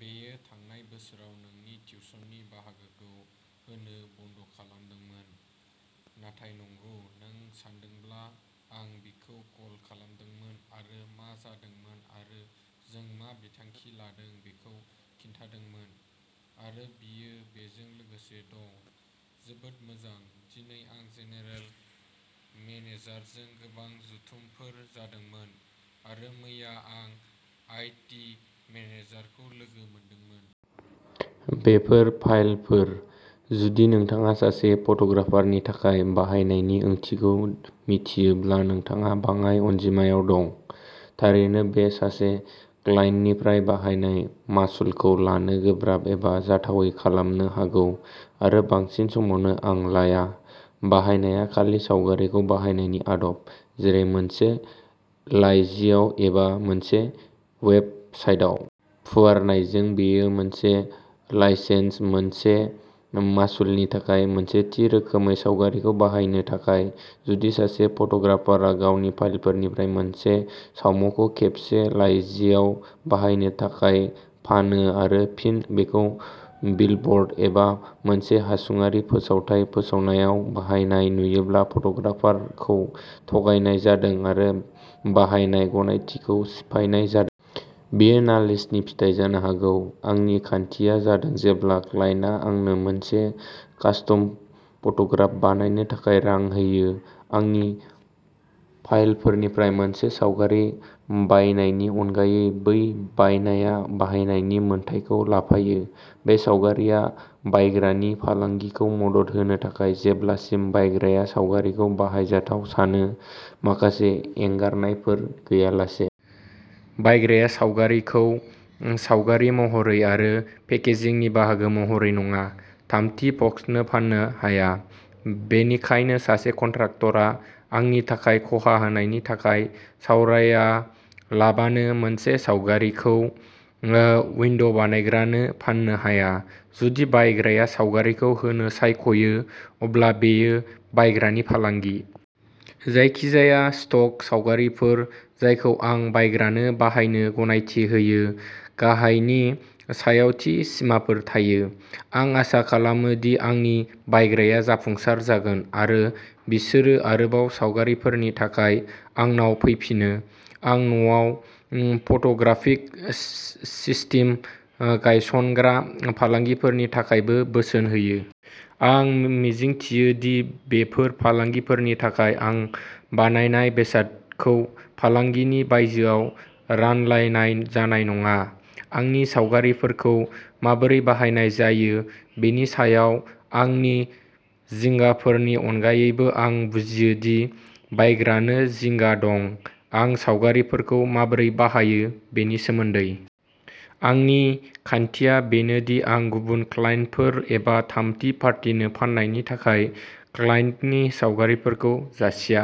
बियो थांनाय बोसोराव नोंनि टिउसननि बाहागोखौ होनो बन्द'खालामदोंमोन। नाथाय नंगौ, नों सानदोंब्ला, आं बिखौ कल खालामदोंमोन आरो मा जादोंमोन आरो जों मा बिथांखि लादों बेखौ खिन्थादोंमोन। आरो बियो बेजों लोगोसे दं। जोबोद मोजां, दिनै आं जेनेरेल मेनेजारजों गोबां जथुमफोर जादोंमोन, आरो मैया आं आईटी मेनेजारखौ लोगो मोनदोंमोन। बेफोर फाइलफोर। जुदि नोंथाङा सासे फट'ग्राफारनि थाखाय बाहायनायनि ओंथिखौ मिथियोब्ला नोंथाङा बाङाइ अनजिमायाव दं। थारैनो बेयो सासे क्लाइन्टनिफ्राय बाहायनाय मासुलखौ लानो गोब्राब एबा जाथावै खालामनो हागौ, आरो बांसिन समावनो आं लाया। बाहायनाया खालि सावगारिखौ बाहायनायनि आदब, जेरै मोनसे लाइजियाव एबा मोनसे वेब साइटआव। फुवारनायजों बेयो मोनसे लाइसेन्स, मोनसे मासुलनि थाखाय, मोनसे थि रोखोमै सावगारिखौ बाहायनो थाखाय। जुदि सासे फट'ग्राफारआ गावनि फाइलफोरनिफ्राय मोनसे सावमुखौ खेबसे लाइजियाव बाहायनो थाखाय फानो आरो फिन बेखौ बिलब'र्ड एबा मोनसे हायुंआरि फोसावथाय फोसावनायाव बाहायनाय नुयोब्ला फट'ग्राफारखौ थगायनाय जादों आरो बाहायनाय गनायथिखौ सिफायनाय जादों। बेयो नालिसनि फिथाय जानो हागौ। आंनि खान्थिया जादों जेब्ला क्लाइन्टआ आंनो मोनसे कास्टम फट'ग्राफ बानायनो थाखाय रां होयो, आंनि फाइलफोरनिफ्राय मोनसे सावगारि बायनायनि अनगायै, बै बायनाया बाहायनायनि मोन्थाइखौ लाफायो। बे सावगारिआ बायग्रानि फालांगिखौ मदद होनो थाखाय, जेब्लासिम बायग्राया सावगारिखौ बाहायजाथाव सानो, माखासे एंगारनायफोर गैयालासे। बायग्राया सावगारिखौ, सावगारि महरै आरो पेकेजिंनि बाहागो महरै नङा, थामथि पक्षनो फाननो हाया। बेनिखायनो सासे कन्ट्राक्टरआ आंनि थाखाय खहा होनायनि थाखाय सावरायालाबानो मोनसे सावगारिखौ ओ उइन्ड'बानायग्रानो फान्नो हाया। जुदि बायग्राया सावगारिखौ होनो सायख'यो, अब्ला बेयो बायग्रानि फालांगि। जायखिजाया स्टक सावगारिफोर जायखौ आं बायग्रानो बाहायनो गनायथि होयो, गाहायनि सायाव थि सिमाफोर थायो। आं आसा खालामो दि आंनि बायग्राया जाफुंसार जागोन, आरो बिसोरो आरोबाव सावगारिफोरनि थाखाय आंनाव फैफिनो। आं न'आव फट'ग्राफिक सिस्टेम गायसनग्रा फालांगिफोरनि थाखायबो बोसोन होयो। आं मिजिंथियो दि बेफोर फालांगिफोरनि थाखाय आं बानायनाय बेसादखौ फालांगिनि बायजोआव रानलायनाय जानाय नङा। आंनि सावगारिफोरखौ माबोरै बाहायनाय जायो बेनि सायाव आंनि जिंगाफोरनि अनगायैबो आं बुजियो दि बायग्रानो जिंगा दं। आं सावगारिफोरखौ माबोरै बाहायो बेनि सोमोन्दै। आंनि खान्थिया बेनो दि आं गुबुन क्लाइन्टफोर एबा थामथि पार्टिनो फाननायनि थाखाय क्लाइन्टनि सावगारिफोरखौ जासिया।